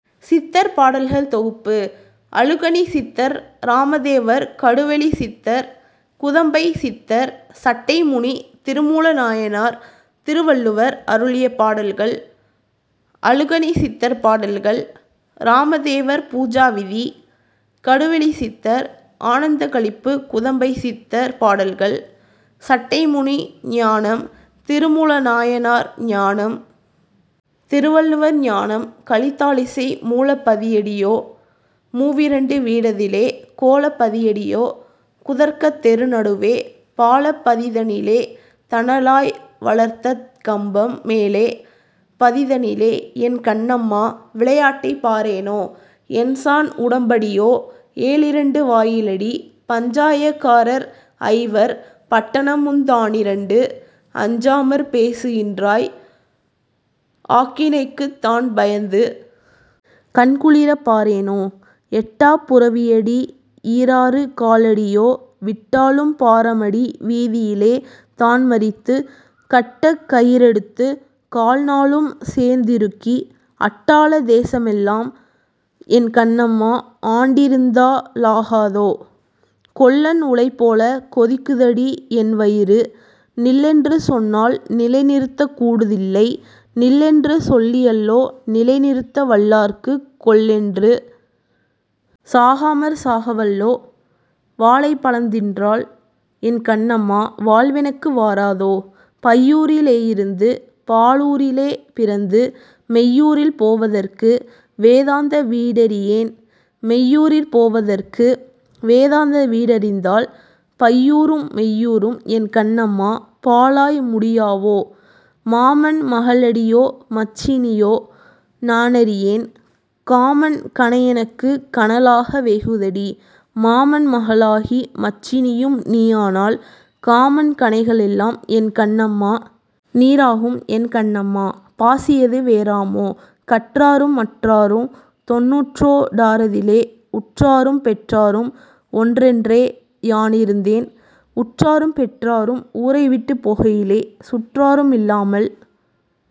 சித்தர் பாடல்கள் தொகுப்பு அழுகணிச் சித்தர் இராமதேவர் கடுவெளிச் சித்தர் குதம்பைச் சித்தர் சட்டைமுனி திருமூல நாயனார் திருவள்ளுவர் அருளிய பாடல்கள் அழுகணிச் சித்தர் பாடல்கள் இராமதேவர் பூஜாவிதி கடுவெளிச் சித்தர் ஆனந்தக் களிப்பு குதம்பைச் சித்தர் பாடல்கள் சட்டைமுனி ஞானம் திருமூல நாயனார் ஞானம் திருவள்ளுவர் ஞானம் கலித்தாழிசை மூலப் பதியடியோ மூவிரண்டு வீடதிலே கோலப் பதியடியோ குதர்க்கத் தெருநடுவே பாலப் பதிதனிலே தணலாய் வளர்த்தகம்பம் மேலப் பதிதனிலே என் கண்ணம்மா விளையாட்டைப் பாரேனோ எண்சாண் உடம்படியோ ஏழிரண்டு வாயிலடி பஞ்சாயக் காரர்ஐவர் பட்டணமுந் தானிரண்டு அஞ்சாமற் பேசுகின்றாய் ஆக்கினைக்குத் தான்பயந்து கண்குளிரப் பாரேனோ! எட்டாப் புரவியடி யீராறு காலடியோ விட்டாலும் பாரமடி வீதியிலே தான்மறித்துக் கட்டக் கயிறெடுத்துக் கால்நாலும் சேர்த்திறுக்கி அட்டாள தேசமெல்லாம் என் கண்ணம்மா ஆண்டிருந்தா லாகாதோ கொல்லன் உலைபோலக் கொதிக்குதடியென்வயிறு நில்லென்று சொன்னால் நிலைநிறுத்தக் கூடுதில்லை நில்லென்று சொல்லியல்லோ நிலைநிறுத்த வல்லார்க்குக் கொல்லென்று சாகாமற் சாகவல்லோ வாழைப் பழந்தின்றால் என் கண்ணம்மா வாழ்வெனக்கு வாராதோ பையூரி லேயிருந்து பாழூரிலே பிறந்து மெய்யூரில் போவதற்கு வேதாந்த வீடறியேன் மெய்யூரிற் போவதற்கு வேதாந்த வீடறிந்தால் பையூரும் மெய்யூரும் என் கண்ணம்மா பாழாய் முடியாவோ மாமன் மகளடியோ மச்சினியோ நானறியேன் காமன் கணையெனக்குக் கனலாக வேகுதடி மாமன் மகளாகி மச்சினியும் நீயானால் காமன் கணைகளெல்லாம் என் கண்ணம்மா! நீராகும் என் கண்ணம்மா பாசியது வேறாமோ கற்றாரும் மற்றாருந் தொண்ணூற்றோ டாறதிலே உற்றாரும் பெற்றாரும் ஒன்றென்றே யானிருந்தேன் உற்றாரும் பெற்றாரும் ஊரைவிட்டுப் போகையிலே சுற்றாரு மில்லாமல்